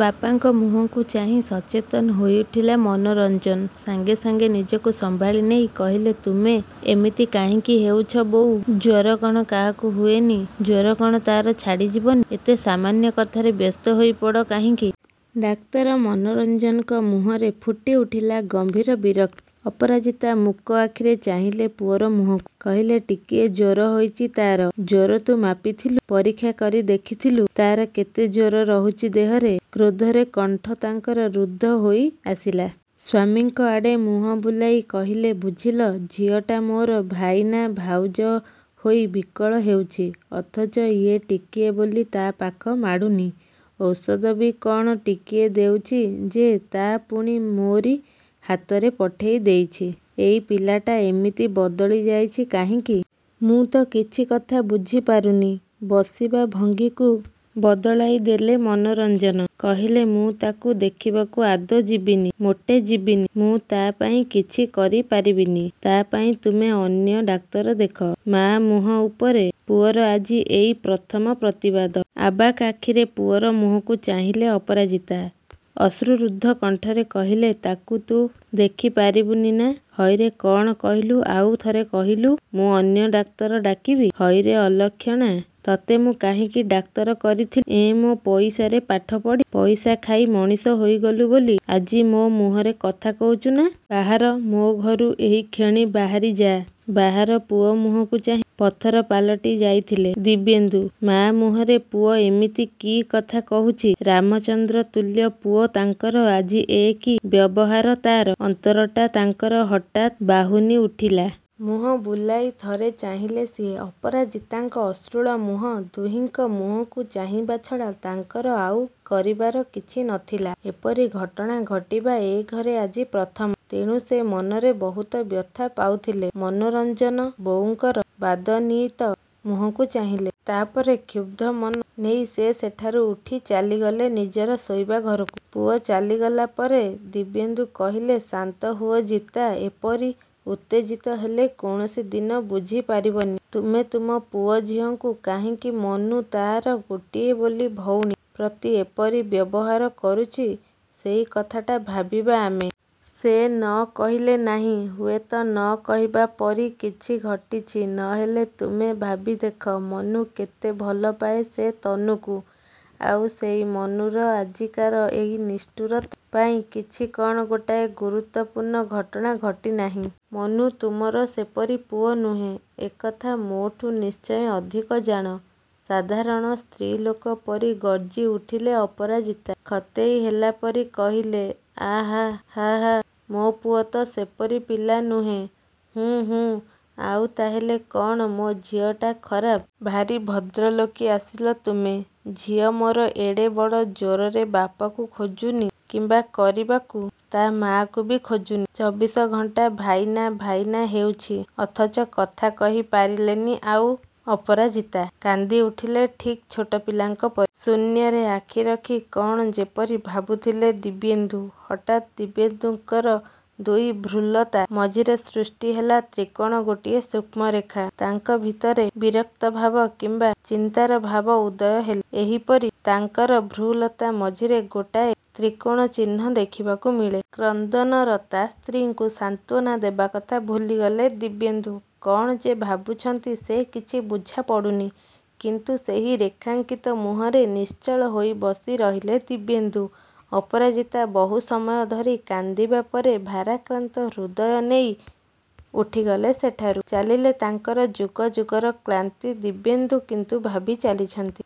ବାପାଙ୍କ ମୁହଁକୁ ଚାହିଁ ସଚେତନ ହୋଇ ଉଠିଲା ମନୋରଞ୍ଜନ। ସାଙ୍ଗେ ସାଙ୍ଗେ ନିଜକୁ ସମ୍ଭାଳି ନେଇ କହିଲେ ତୁମେ ଏମିତି କାହିଁକି ହୋଇଛ ବୋଉ? ଜ୍ୱର କ'ଣ କାହାକୁ ହୁଏନି? ଜ୍ୱର କ'ଣ ତା'ର ଛାଡ଼ି ଯିବନି। ଏତେ ସାମାନ୍ୟ କଥାରେ ବ୍ୟସ୍ତ ହୋଇ ପଡ଼ କାହିଁକି? ଡାକ୍ତର ମନୋରଞ୍ଜନଙ୍କ ମୁହଁରେ ଫୁଟି ଉଠିଲା ଗମ୍ଭୀର ବିରକ୍ତି। ଅପରାଜିତା ମୂକ ଆଖିରେ ଚାହିଁଲେ ପୁଅର ମୁହଁକୁ। କହିଲେ ଟିକିଏ ଜ୍ୱର ହୋଇଛି? ତା'ର। ଜ୍ୱର ତୁ ମାପିଥିଲୁ? ପରୀକ୍ଷା କରି ଦେଖିଥିଲୁ ତା'ର କେତେ ଜ୍ୱର ରହୁଛି ଦେହରେ। କ୍ରୋଧରେ କଣ୍ଠ ତାଙ୍କର ରୁଦ୍ଧ ହୋଇ ଆସିଲା। ସ୍ୱାମୀଙ୍କ ଆଡ଼େ ମୁହଁ ବୁଲାଇ କହିଲେ ବୁଝିଲ! ଝିଅଟା ମୋର ଭାଇନା, ଭାଉଜ ହୋଇ ବିକଳ ହେଉଛି, ଅଥଚ ଇଏ ଟିକିଏ ବୋଲି ତା' ପାଖ ମାଡ଼ୁନି। ଔଷଧ ବି କ'ଣ ଟିକିଏ ଦେଉଛି ଯେ ତା' ପୁଣି ମୋରି ହାତରେ ପଠାଇ ଦେଇଛି। ଏଇ ପିଲାଟା ଏମିତି ବଦଳି ଯାଇଛି କାହିଁକି? ମୁଁ ତ କିଛି କଥା ବୁଝି ପାରୁନି! ବସିବା ଭଙ୍ଗୀକୁ ବଦଳାଇ ଦେଲେ ମନୋରଞ୍ଜନ, କହିଲେ ମୁଁ ତାକୁ ଦେଖିବାକୁ ଆଦୌ ଯିବିନି, ମୋଟେ ଯିବିନି। ମୁଁ ତା' ପାଇଁ କିଛି କରି ପାରିବିନି। ତା' ପାଇଁ ତୁମେ ଅନ୍ୟ ଡାକ୍ତର ଦେଖ। ମାଆ ମୁହଁ ଉପରେ ପୁଅର ଆଜି ଏଇ ପ୍ରଥମ ପ୍ରତିବାଦ। ଅବାକ୍ ଆଖିରେ ପୁଅର ମୁହଁକୁ ଚାହିଁଲେ ଅପରାଜିତା। ଅଶ୍ରୁରୁଦ୍ଧ କଣ୍ଠରେ କହିଲେ ତାକୁ ତୁ ଦେଖି ପାରିବୁନି ନା, ହଇରେ କ'ଣ କହିଲୁ, ଆଉ ଥରେ କହିଲୁ। ମୁଁ ଅନ୍ୟ ଡାକ୍ତର ଡାକିବି। ହଇରେ ଅଲକ୍ଷଣା, ତତେ ମୁଁ କାହିଁକି ଡାକ୍ତର କରିଥିଲି। ଏଁ ମୋ ପଇସାରେ ପାଠ ପଢ଼ି, ପଇସା ଖାଇ ମଣିଷ ହୋଇଗଲୁ ବୋଲି, ଆଜି ମୋ ମୁହଁରେ କଥା କହୁଛୁ ନା? ବାହାର ମୋ ଘରୁ, ଏହିକ୍ଷଣି ବାହାରି ଯା। ବାହାର, ପୁଅ ମୁହଁକୁ ଚାହିଁ ପଥର ପାଲଟି ଯାଇଥିଲେ ଦିବ୍ୟେନ୍ଦୁ। ମାଆ ମୁହଁରେ ପୁଅ ଏମିତି କି କଥା କହୁଛି! ରାମଚନ୍ଦ୍ର ତୁଲ୍ୟ ପୁଅ ତାଙ୍କର ଆଜି ଏ କି ବ୍ୟବହାର ତା'ର! ଅନ୍ତରଟା ତାଙ୍କର ହଠାତ୍ ବାହୁନି ଉଠିଲା। ମୁହଁ ବୁଲାଇ ଥରେ ଚାହିଁଲେ ସିଏ, ଅପରାଜିତାଙ୍କ ଅଶ୍ରୁଳ ମୁହଁ। ଦୁହିଁଙ୍କ ମୁହଁକୁ ଚାହିଁବା ଛଡ଼ା ତାଙ୍କର ଆଉ କରିବାର କିଛି ନଥିଲା। ଏପରି ଘଟଣା ଘଟିବା ଏ ଘରେ ଆଜି ପ୍ରଥମ। ତେଣୁ ସେ ମନରେ ବହୁତ ବ୍ୟଥା ପାଉଥିଲେ। ମନୋରଞ୍ଜନ ବୋଉଙ୍କର ବାଦନାୟୀତ ମୁହଁକୁ ଚାହିଁଲେ। ତା' ପରେ କ୍ଷୁବ୍ଧ ମନ ନେଇ ସେ ସେଠାରୁ ଉଠି ଚାଲିଗଲେ ନିଜର ଶୋଇବା ଘରକୁ। ପୁଅ ଚାଲିଗଲା ପରେ ଦିବ୍ୟେନ୍ଦୁ କହିଲେ ଶାନ୍ତ ହୁଅ ଜିତା, ଏପରି ଉତ୍ତେଜିତ ହେଲେ କୌଣସି ଦିନ ବୁଝି ପାରିବନି ତୁମେ ତୁମ ପୁଅ ଝିଅଙ୍କୁ। କାହିଁକି ମନୁ ତା'ର ଗୋଟିଏ ବୋଲି ଭଉଣୀ ପ୍ରତି ଏପରି ବ୍ୟବହାର କରୁଛି ସେଇ କଥାଟା ଭାବିବା ଆମେ। ସେ ନ କହିଲେ ନାହିଁ। ହୁଏତ ନ କହିବା ପରି କିଛି ଘଟିଛି ନହେଲେ ତୁମେ ଭାବି ଦେଖ ମନୁ କେତେ ଭଲ ପାଏ ସେଇ ତନୁକୁ। ଆଉ ସେଇ ମନୁର ଆଜିକାର ଏଇ ନିଷ୍ଠୁରତା ପାଇଁ କିଛି କ'ଣ ଗୋଟାଏ ଗୁରୁତ୍ୱପୂର୍ଣ୍ଣ ଘଟଣା ଘଟି ନାହିଁ! ମନୁ ତୁମର ସେପରି ପୁଅ ନୁହେଁ, ଏକଥା ମୋଠୁ ନିଶ୍ଚୟ ଅଧିକ ଜାଣ। ସାଧାରଣ ସ୍ତ୍ରୀଲୋକ ପରି ଗର୍ଜି ଉଠିଲେ ଅପରାଜିତା। ଖତେଇ ହେଲା ପରି କହିଲେ ଆହା ହା ହା, ମୋ ପୁଅ ତ ସେପରି ପିଲା ନୁହେଁ। ହୁଁ ହୁଁ ଆଉ, ତାହେଲେ କ'ଣ ମୋ ଝିଅଟା ଖରାପ? ଭାରି ଭଦ୍ରଲୋକି ଆସିଲ ତୁମେ। ଝିଅ ମୋର ଏଡ଼େ ବଡ଼ ଜ୍ୱରରେ ବାପାକୁ ଖୋଜୁନି, କିମ୍ବା କରିବାକୁ ତା' ମାଆକୁ ବି ଖୋଜୁନି। ଚବିଶ ଘଣ୍ଟା ଭାଇନା, ଭାଇନା ହେଉଛି। ଅଥଚ କଥା କହି ପାରିଲେନି ଆଉ ଅପରାଜିତା। କାନ୍ଦି ଉଠିଲେ ଠିକ୍ ଛୋଟ ପିଲାଙ୍କ ପରି। ଶୂନ୍ୟରେ ଆଖି ରଖି କ'ଣ ଯେପରି ଭାବୁଥିଲେ ଦିବ୍ୟେନ୍ଦୁ। ହଠାତ୍ ଦିବ୍ୟେନ୍ଦୁଙ୍କର ଦୁଇ ଭ୍ରୂଲତା ମଝିରେ ସୃଷ୍ଟି ହେଲା ତ୍ରିକୋଣ ଗୋଟିଏ ସୂକ୍ଷ୍ମରେଖା। ତାଙ୍କ ଭିତରେ ବିରକ୍ତିଭାବ କିମ୍ବା ଚିନ୍ତାର ଭାବ ଉଦୟ ହେଲେ ଏହିପରି ତାଙ୍କର ଭ୍ରୂଲତା ମଝିରେ ଗୋଟାଏ ତ୍ରିକୋଣ ଚିହ୍ନ ଦେଖିବାକୁ ମିଳେ। କ୍ରନ୍ଦନରତା ସ୍ତ୍ରୀଙ୍କୁ ସାନ୍ତ୍ୱନା ଦେବା କଥା ଭୁଲିଗଲେ ଦିବ୍ୟେନ୍ଦୁ। କ'ଣ ଯେ ଭାବୁଛନ୍ତି ସେ କିଛି ବୁଝା ପଡ଼ୁନି। କିନ୍ତୁ ସେହି ରେଖାଙ୍କିତ ମୁହଁରେ ନିଶ୍ଚଳ ହୋଇ ବସି ରହିଲେ ଦିବ୍ୟେନ୍ଦୁ। ଅପରାଜିତା ବହୁ ସମୟ ଧରି କାନ୍ଦିବା ପରେ ଭାରାକ୍ରାନ୍ତ ହୃଦୟ ନେଇ ଉଠିଗଲେ ସେଠାରୁ। ଚାଲିଲେ ତାଙ୍କର ଯୁଗଯୁଗର କ୍ଳାନ୍ତି। ଦିବ୍ୟେନ୍ଦୁ କିନ୍ତୁ ଭାବି ଚାଲିଛନ୍ତି।